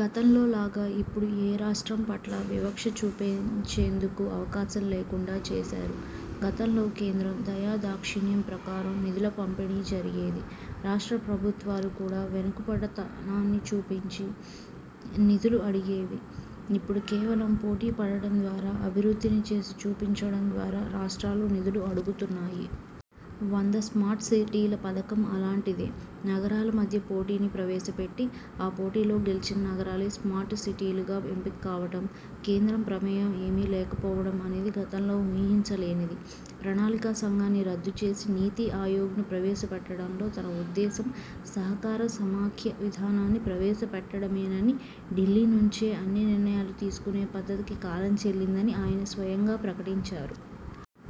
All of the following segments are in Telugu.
గతంలో లాగా ఇప్పుడు ఏ రాష్ట్రం పట్ల వివక్ష చూపించేందుకు అవకాశం లేకుండా చేశారు. గతంలో కేంద్రం దయాదాక్షిణ్యం ప్రకారం నిధుల పంపిణీ జరిగేది. రాష్ట్ర ప్రభుత్వాలు కూడా వెనుకబాటుతనాన్ని చూపించి నిధులు అడిగేవి. ఇప్పుడు కేవలం పోటీపడడం ద్వారా, అభివృద్ధిని చేసి చూపించడం ద్వారా రాష్ట్రాలు నిధులు అడుగుతున్నాయి. వంద స్మార్ట్ సిటీల పథకం అలాంటిదే. నగరాల మధ్య పోటీని ప్రవేశపెట్టి, ఆ పోటీలో గెలిచిన నగరాలే స్మార్ట్ సిటీలుగా ఎంపిక కావడం, కేంద్రం ప్రమేయం ఏమీ లేకపోవడం అనేది గతంలో ఊహించలేనిది. ప్రణాళికా సంఘాన్ని రద్దు చేసి నీతి ఆయోగ్ను ప్రవేశపెట్టడంలో తన ఉద్దేశం సహకార సమాఖ్య విధానాన్ని ప్రవేశపెట్టడమేనని, ఢిల్లీ నుంచే అన్ని నిర్ణయాలు తీసుకునే పద్ధతికి కాలం చెల్లిందని ఆయన స్వయంగా ప్రకటించారు.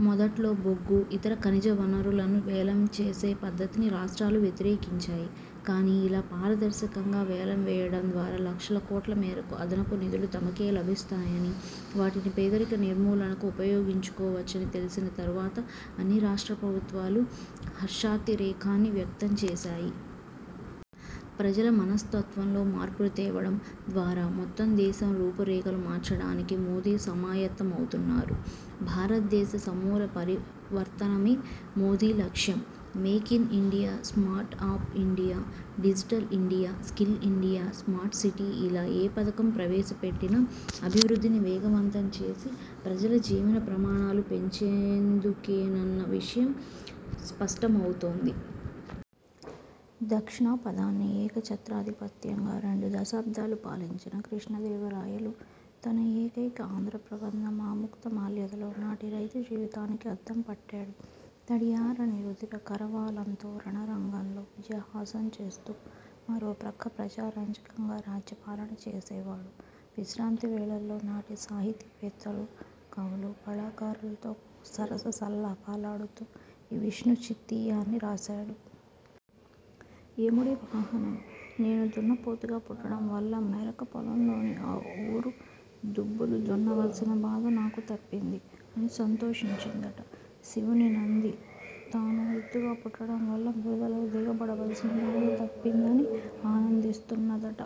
మొదట్లో బొగ్గు, ఇతర ఖనిజ వనరులను వేలం చేసే పద్ధతిని రాష్ట్రాలు వ్యతిరేకించాయి. కాని ఇలా పారదర్శకంగా వేలం వేయడం ద్వారా లక్షల కోట్ల మేరకు అదనపు నిధులు తమకే లభిస్తాయని, వాటిని పేదరిక నిర్మూలనకు ఉపయోగించుకోవచ్చని తెలిసిన తర్వాత అన్ని రాష్ట్ర ప్రభుత్వాలు హర్షాతిరేకాన్ని వ్యక్తం చేశాయి. ప్రజల మనస్తత్వంలో మార్పులు తేవడం ద్వారా మొత్తం దేశం రూపురేఖలు మార్చడానికి మోదీ సమాయత్తమవుతున్నారు. భారత దేశ సమూల పరివర్తనమే మోదీ లక్ష్యం. Make in India, smart up India, digital India, skill India, smart city ఇలా ఏ పథకం ప్రవేశపెట్టినా, అభివృద్ధిని వేగవంతం చేసి ప్రజల జీవన ప్రమాణాలు పెంచేందుకేనన్న విషయం స్పష్టమవుతోంది. దక్షిణా పథాన్ని ఏకచ్ఛత్రాధిపత్యంగా రెండు దశాబ్దాలు పాలించిన కృష్ణదేవరాయలు తన ఏకైక ఆంధ్ర ప్రబంధం 'ఆముక్తమాల్యద'లో నాటి రైతు జీవితానికి అద్దం పట్టాడు. తడియారని రుధిర కరవాలంతో రణరంగంలో విజయహాసం చేస్తూ, మరోప్రక్క ప్రజారంజకంగా రాజ్య పాలన చేసేవాడు. విశ్రాంతి వేళల్లో నాటి సాహితీ వేత్తలు, కవులు, కళాకారులతో సరస సల్లాపాలాడుతూ ఈ విష్ణుచిత్తీయాన్ని రాశాడు. యముడి వాహనం- నేను దున్నపోతుగా పుట్టడం వల్ల మెరక పొలంలోని అవురు దుబ్బులు దున్నవలసిన బాధ నాకు తప్పింది అని సంతోషించిందట. శివుని నంది తాను ఎద్దుగా పుట్టడం వల్ల బురదలో దిగబడవలసిన బాధ తప్పిందని ఆనందిస్తున్నదట.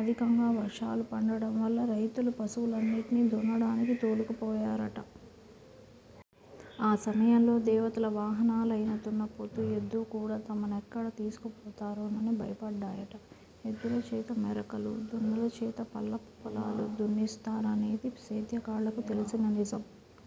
అధికంగా వర్షాలు పడడంవల్ల రైతులు పశువులన్నిటినీ దున్నడానికి తోలుకుపోయారట. ఆ సమయంలో దేవతల వాహనాలయిన దున్నపోతు, ఎద్దు కూడా తమనెక్కడ తీసుకు పొతారోనని భయపడ్డాయట. ఎద్దుల చేత మెరకలు, దున్నల చేత పల్లపుపొలాలూ దున్నిస్తారనేది సేద్యగాళ్లకు తెలిసిన నిజం.